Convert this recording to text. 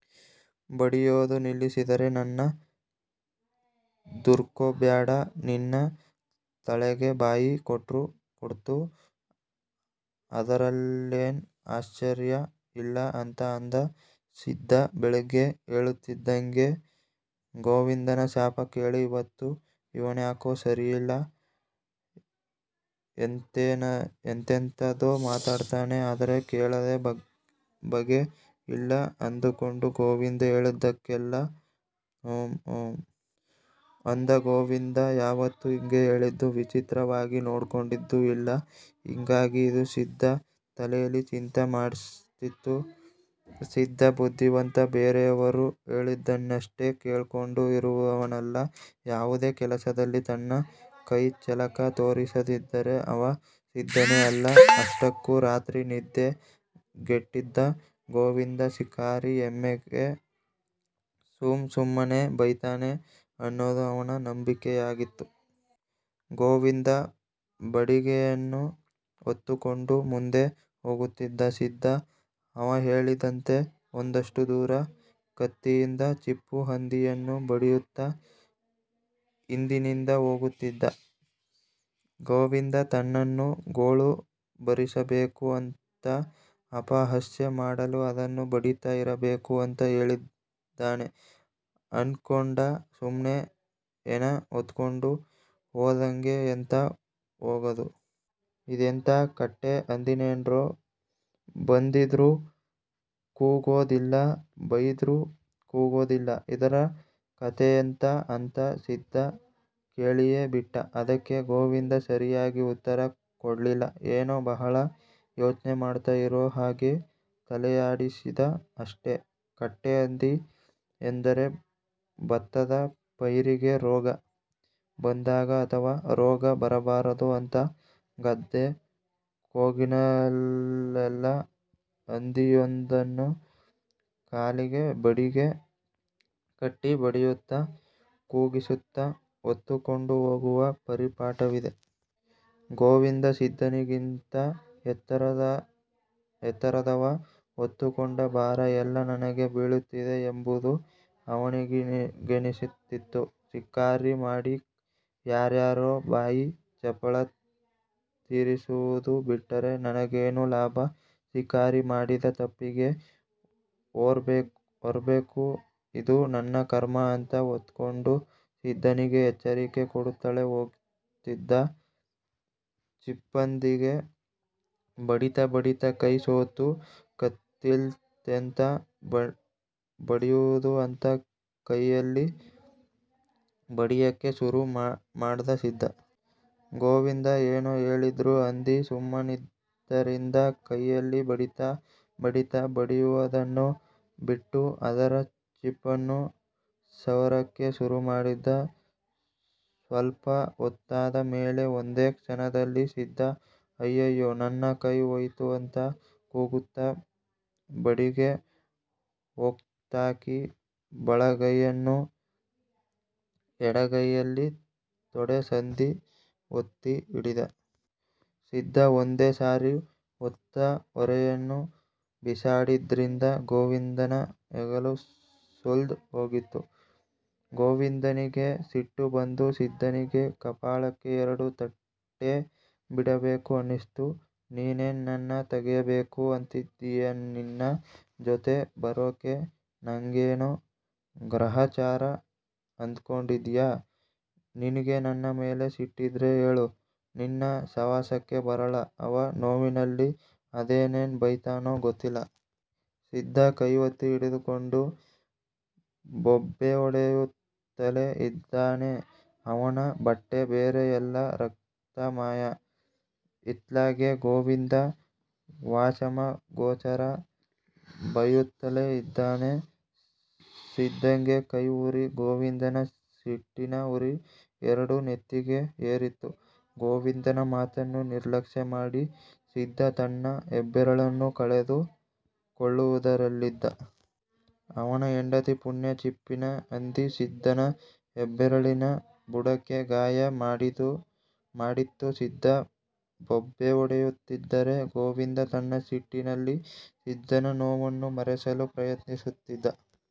ಬಡಿಯೋದು ನಿಲ್ಲಿಸಿದರೆ, ನನ್ನ ದೂರ್ಕೊಬ್ಯಾಡ. ನಿನ್ನ ತಲೆಗೇ ಬಾಯಿ ಕೊಟ್ರು ಕೊಡ್ತು. ಅದರಲ್ಲೇನ್ ಆಶ್ಚರ್ಯ ಇಲ್ಲಾ' ಅಂತ ಅಂದ. ಸಿದ್ದ ಬೆಳಿಗ್ಗೆ ಏಳುತ್ತಿದ್ದಂಗೆ ಗೋವಿಂದನ ಶಾಪ ಕೇಳಿ ಇವತ್ತು ಇವನ್ಯಾಕೋ ಸರಿಯಿಲ್ಲ, ಎಂತೆಂತದೋ ಮಾತಾಡ್ತಾನೆ, ಅದರೆ ಕೇಳದೇ ಬಗೆ ಇಲ್ಲ ಅಂದುಕೊಂಡು ಗೋವಿಂದ ಹೇಳಿದ್ದಕ್ಕೆಲ್ಲಾ 'ಹುಂಹುಂ.. ' ಅಂದ. ಗೋವಿಂದ ಯಾವತ್ತೂ ಹಿಂಗೆ ಹೇಳಿದ್ದು, ವಿಚಿತ್ರವಾಗಿ ನಡ್ಕೊಂಡಿದ್ದು ಇಲ್ಲ. ಹಿಂಗಾಗಿ ಇದು ಸಿದ್ದ ತಲೇಲಿ ಚಿಂತೆ ಮೂಡ್ಸಿತ್ತು. ಸಿದ್ದ ಬುದ್ಧಿವಂತ ಬೇರೆಯವರು ಹೇಳಿದ್ದನ್ನಷ್ಟೆ ಕೇಳ್ಕೊಂಡು ಇರುವವನಲ್ಲ. ಯಾವುದೇ ಕೆಲಸದಲ್ಲಿ ತನ್ನ ಕೈಚಳಕ ತೋರಿಸದಿದ್ದರೆ ಅವ ಸಿದ್ದನೇ ಅಲ್ಲ. ಅಷ್ಟಕ್ಕೂ ರಾತ್ರಿ ನಿದ್ದೆ ಗೆಟ್ಟಿದ್ದ ಗೋವಿಂದ ಶಿಕಾರಿ ಹೆಮ್ಮೆಗೆ ಸುಮ್ ಸುಮ್ಮನೆ ಬೈತನೇ ಅನ್ನೋದು ಅವನ ನಂಬಿಕೆಯಾಗಿತ್ತು. ಗೋವಿಂದ ಬಡಿಗೆಯನ್ನು ಹೊತ್ತುಕೊಂಡು ಮುಂದೆ ಹೋಗುತ್ತಿದ್ದ. ಸಿದ್ದ ಅವಹೇಳಿದಂತೆ ಒಂದಷ್ಟು ದೂರ ಕತ್ತಿಯಿಂದ ಚಿಪ್ಪುಹಂದಿಯನ್ನ ಬಡಿಯುತ್ತ ಹಿಂದಿನಿಂದ ಹೋಗುತ್ತಿದ್ದ. ಗೋವಿಂದ ತನ್ನನ್ನು ಗೋಳು ಬರಿಸಬೇಕು ಅಂಥ ಅಪಹಾಸ್ಯ ಮಾಡಲು ಅದನ್ನು ಬಡಿತಾ ಇರಬೇಕು ಅಂತ ಹೇಳಿದ್ದಾನೆ ಅದ್ಕೊಂಡ. 'ಸುಮ್ನೆ ಹೆಣ ಹೊತ್ಗೊಂಡು ಹೋದಂಗೆ ಎಂಥಾ ಹೋಗದು. ಇದೆಂಥಾ ಕಟ್ಟೆ ಹಂದಿನೇಂಡ್ರೋ, ಬಡಿದ್ರೂ ಕೂಗೋದಿಲ್ಲ, ಬೈದ್ರೂ ಕೂಗೋದಿಲ್ಲ, ಇದರ ಕತೆಯೆಂತಾ' ಅಂತ ಸಿದ್ದ ಕೇಳಿಯೇ ಬಿಟ್ಟ. ಅದಕ್ಕೆ ಗೋವಿಂದ ಸರಿಯಾಗಿ ಉತ್ತರ ಕೊಡ್ಲಿಲ್ಲ. ಏನೋ ಬಹಳ ಯೋಚ್ನೆ ಮಾಡ್ತಾ ಇರೋಹಾಗೆ ತಲೆಯಾಡಿಸಿದ ಅಷ್ಟೇ. ಕಟ್ಟೆ ಹಂದಿ ಎಂದರೆ ಬತ್ತದ ಪೈರಿಗೆ ರೋಗ ಬಂದಾಗ ಅಥವಾ ರೋಗ ಬರಬಾರದು ಅಂತ ಗದ್ದೆ ಕೊಗಿನಲ್ಲೆಲ್ಲ ಹಂದಿಯೊಂದನ್ನು ಕಾಲಿಗೆ ಬಡಿಗೆ ಕಟ್ಟಿ ಬಡಿಯುತ್ತ ಕೂಗಿಸುತ್ತ ಹೊತ್ತುಕೊಂಡು ಹೋಗುವ ಪರಿಪಾಠವಿದೆ. ಗೋವಿಂದ ಸಿದ್ದನಿಗಿಂತ ಎತ್ತರದವ. ಹೊತ್ತುಕೊಂಡ ಬಾರ ಎಲ್ಲಾ ನನಗೆ ಬಿಳುತ್ತಿದೆ ಎಂಬುದು ಅವನಿಗನ್ನಿಸುತ್ತಿತ್ತು. ಶಿಕಾರಿ ಮಾಡಿ ಯಾರ್ಯರೋ ಬಾಯಿ ಚಪಲ ತಿರಿಸುವುದು ಬಿಟ್ಟರೆ ನನಗೇನು ಲಾಭ? ಶಿಕಾರಿ ಮಾಡಿದ ತಪ್ಪಿಗೆ ಹೊರ್ಬೇಕು, ಇದು ನನ್ನ ಕರ್ಮ ಅಂತ ಹೊತ್ತುಕೊಂಡು, ಸಿದ್ದನಿಗೆ ಎಚ್ಚರಿಕೆ ಕೊಡುತ್ತಲೇ ಹೋಗ್ತಿದ್ದ. ಚಿಪ್ಪಂದಿಗೆ ಬಡಿತಾ ಬಡಿತಾ ಕೈ ಸೋತು, ಕತ್ತಿಲ್ಲೆಂತಾ ಬಡಿಯುವುದು ಅಂತ ಕೈಯಲ್ಲಿ ಬಡಿಯಕ್ಕೆ ಶುರು ಮಾಡ್ದ ಸಿದ್ದ. ಗೋವಿಂದ ಏನೇ ಹೇಳಿದ್ರೂ ಹಂದಿ ಸುಮ್ಮನಿದ್ದುದ್ದರಿಂದ ಕೈಯಲ್ಲಿ ಬಡಿತಾ ಬಡಿತಾ ಬಡಿಯುವುದನ್ನೂ ಬಿಟ್ಟು ಅದರ ಚಿಪ್ಪನ್ನು ಸವರಕ್ಕೆ ಶುರುಮಾಡ್ದ. ಸ್ವಲ್ಪ ಹೊತ್ತಾದ ಮೇಲೆ ಒಂದೇ ಕ್ಷಣದಲ್ಲಿ ಸಿದ್ದ 'ಅಯ್ಯಯ್ಯೊ ನನ್ನ ಕೈಯ್ ಹೋತು' ಅಂತ ಕೂಗುತ್ತಾ, ಬಡಿಗೆ ಹೊತ್ತಾಕಿ ಬಲಗೈಯನ್ನು ಎಡಗೈಯಲ್ಲಿ ತೊಡೆ ಸಂದಿ ಒತ್ತಿ ಹಿಡಿದ. ಸಿದ್ದ ಒಂದೇ ಸಾರಿ ಹೊತ್ತ ಹೊರೆಯನ್ನ ಬಿಸಾಡಿದ್ರಿಂದ ಗೋವಿಂದನ ಹೆಗಲು ಸುಲ್ದ್ ಹೋಗಿತ್ತು. ಗೋವಿಂದನಿಗೆ ಸಿಟ್ಟು ಬಂದು ಸಿದ್ದನಿಗೆ ಕಪಾಳಕ್ಕೆ ಎರಡು ತಟ್ಟೇ ಬಿಡಬೇಕು ಅನ್ನಿಸ್ತು. 'ನೀನೇನ್ ನನ್ನ ತೆಗೆಯಬೇಕು ಅಂತಿದ್ದಿಯಾನಿನ್ನ ಜೊತೆ ಬರೋಕೆ ನಂಗೇನು ಗ್ರಹಚಾರ ಅಂದ್ಕೊಂಡಿದ್ಯಾ. ನಿಂಗೆ ನನ್ನ ಮೇಲೆ ಸಿಟ್ಟಿದ್ರೆ ಹೇಳು ನಿನ್ನ ಸವಾಸಕ್ಕೆ ಬರಲ್ಲ' ಅವ ನೋವಿನಲ್ಲಿ ಅದೇನೇನ್ ಬೈದನೋ ಗೊತ್ತಿಲ್ಲ. ಸಿದ್ದ ಕೈ ಒತ್ತಿ ಹಿಡಿದುಕೊಂಡು ಬೊಬ್ಬೆಹೊಡೆಯುತ್ತಲೇ ಇದ್ದಾನೆ. ಅವನ ಬಟ್ಟೆ ಬರೆ ಎಲ್ಲ ರಕ್ತಮಯ. ಇತ್ಲಗೆ ಗೋವಿಂದ ವಾಚಮಗೋಚರ ಬೈಯುತ್ತಲೇ ಇದ್ದಾನೆ, ಸಿದ್ದಂಗೆ ಕೈ ಉರಿ, ಗೋವಿಂದನ ಸಿಟ್ಟಿನ ಉರಿ ಎರಡೂ ನೆತ್ತಿಗೆ ಏರಿತ್ತು. ಗೋವಿಂದನ ಮಾತನ್ನು ನಿರ್ಲಕ್ಷ್ಯ ಮಾಡಿ ಸಿದ್ದ ತನ್ನ ಹೆಬ್ಬೆರಳನ್ನ ಕಳೆದು ಕೊಳ್ಳುವುದರಲ್ಲಿದ್ದ. ಅವನ ಹೆಂಡತಿ ಪುಣ್ಯ, ಚಿಪ್ಪಿನ ಹಂದಿ ಸಿದ್ದನ ಹೆಬ್ಬೆರಳಿನ ಬುಡಕ್ಕೆ ಗಾಯ ಮಾಡಿತ್ತು. ಸಿದ್ದ ಬೊಬ್ಬೆ ಹೊಡಿಯುತ್ತಿದರೆ, ಗೋವಿಂದ ತನ್ನ ಸಿಟ್ಟಿನಲ್ಲಿ ಸಿದ್ದನ ನೋವನ್ನು ಮರೆಸಲು ಪ್ರಯತ್ನಿಸುತ್ತಿದ್ದ.